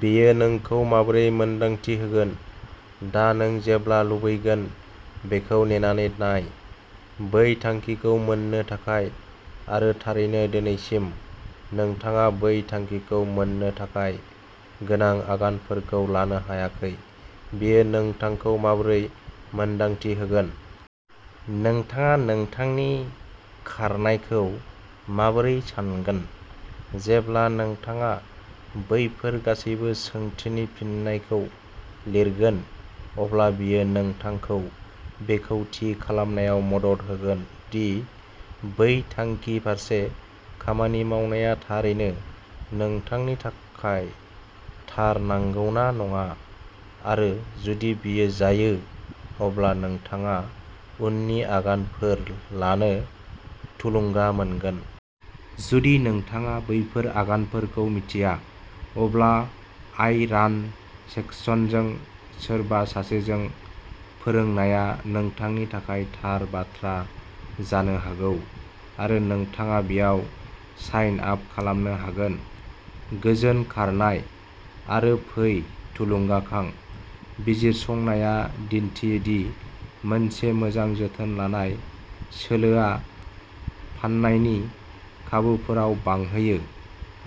बेयो नोंखौ माबोरै मोन्दांथि होगोन? दा नों जेब्ला लुबैगोन बेखौ नेनानै नाय। बै थांखिखौ मोन्नो थाखाय, आरो थारैनो दिनैसिम, नोंथाङा बै थांखिखौ मोन्नो थाखाय गोनां आगानफोरखौ लानो हायाखै। बेयो नोंथांखौ माबोरै मोन्दांथि होगोन? नोंथाङा नोंथांनि खारनायखौ माबोरै सानगोन? जेब्ला नोंथाङा बेफोर गासैबो सोंथिनि फिननायखौ लिरगोन, अब्ला बेयो नोंथांखौ बेखौ थि खालामनायाव मदद होगोन दि बै थांखि फारसे खामानि मावनाया थारैनो नोंथांनि थाखाय थार नंगौना नङा, आरो जुदि बेयो जायो, अब्ला नोंथाङा उननि आगानफोर लानो थुलुंगा मोनगोन। जुदि नोंथाङा बैफोर आगानफोरखौ मिथिया, अब्ला आई रान सक्सेसजों सोरबा सासेजों फोरोंनाया नोंथांनि थाखाय थार बाथ्रा जानो हागौ, आरो नोंथाङा बेयाव साइन आप खालामनो हागोन। गोजोन खारनाय, आरो फै थुलुंगाखां। बिजिरसंनाया दिन्थियो दि मोनसे मोजां जोथोन लानाय सोलोआ फान्नायनि खाबुफोराव बांहोयो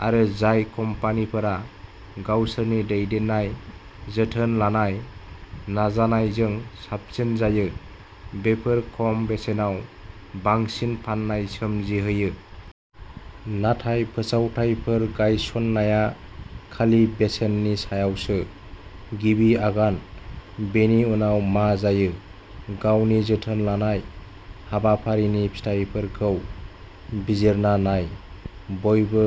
आरो जाय कम्पानिफोरा गावसोरनि दैदेनजानाय जोथोन लानाय नाजानायजों साबसिन जायो, बेफोर खम बेसेनाव बांसिन फान्नाय सोमजिहोयो। नाथाय फोसावथायफोर गायसन्नाया खालि बेसेननि सायावसो। गिबि आगान। बेनि उनाव मा जायो? गावनि जोथोन लानाय हाबाफारिनि फिथाइफोरखौ बिजिरना नाय। बयबो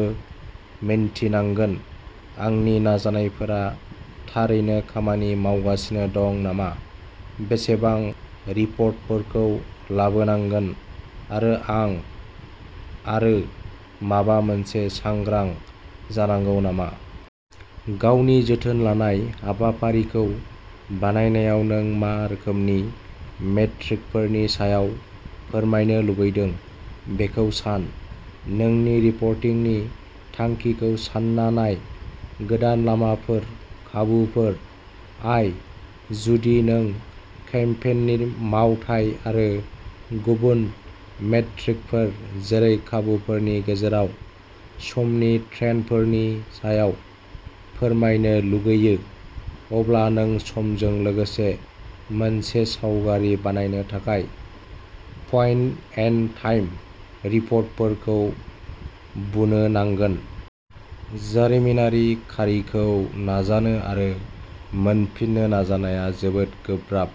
मिन्थिनांगोनः आंनि नाजानायफोरा थारैनो खामानि मावगासिनो दं नामा, बेसेबां रिपर्टफोरखौ लाबोनांगोन, आरो आं आरो माबा मोनसे सांग्रां जानांगौ नामा? गावनि जोथोन लानाय हाबाफारिखौ बानायनायाव, नों मा रोखोमनि मेट्रिकफोरनि सायाव फोरमायनो लुबैदों बेखौ सान। नोंनि रिपर्टिंनि थांखिखौ सान्ना नाय; गोदान लामाफोर, खाबुफोर, आय? जुदि नों केम्पेइननि मावथाय आरो गुबुन मेट्रिकफोर जेरै खाबुफोरनि गेजेराव समनि ट्रेन्डफोरनि सायाव फोरमायनो लुगैयो, अब्ला नों समजों लोगोसे मोनसे सावगारि बानायनो थाखाय पइन्ट-इन-टाइम रिपर्टफोरखौ बुनो नांगोन। जारिमिनारि खारिखौ नाजानो आरो मोनफिननो नाजानाया जोबोद गोब्राब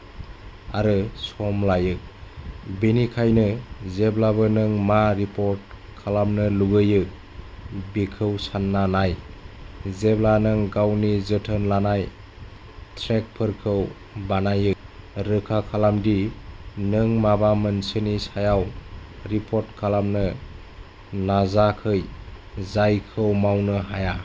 आरो सम लायो; बेनिखायनो जेब्लाबो नों मा रिपर्ट खालामनो लुगैयो बेखौ सान्ना नाय, जेब्ला नों गावनि जोथोन लानाय ट्रेकफोरखौ बानायो। रोखा खालाम दि नों माबा मोनसेनि सायाव रिपर्ट खालामनो नाजाखै जायखौ मावनो हाया।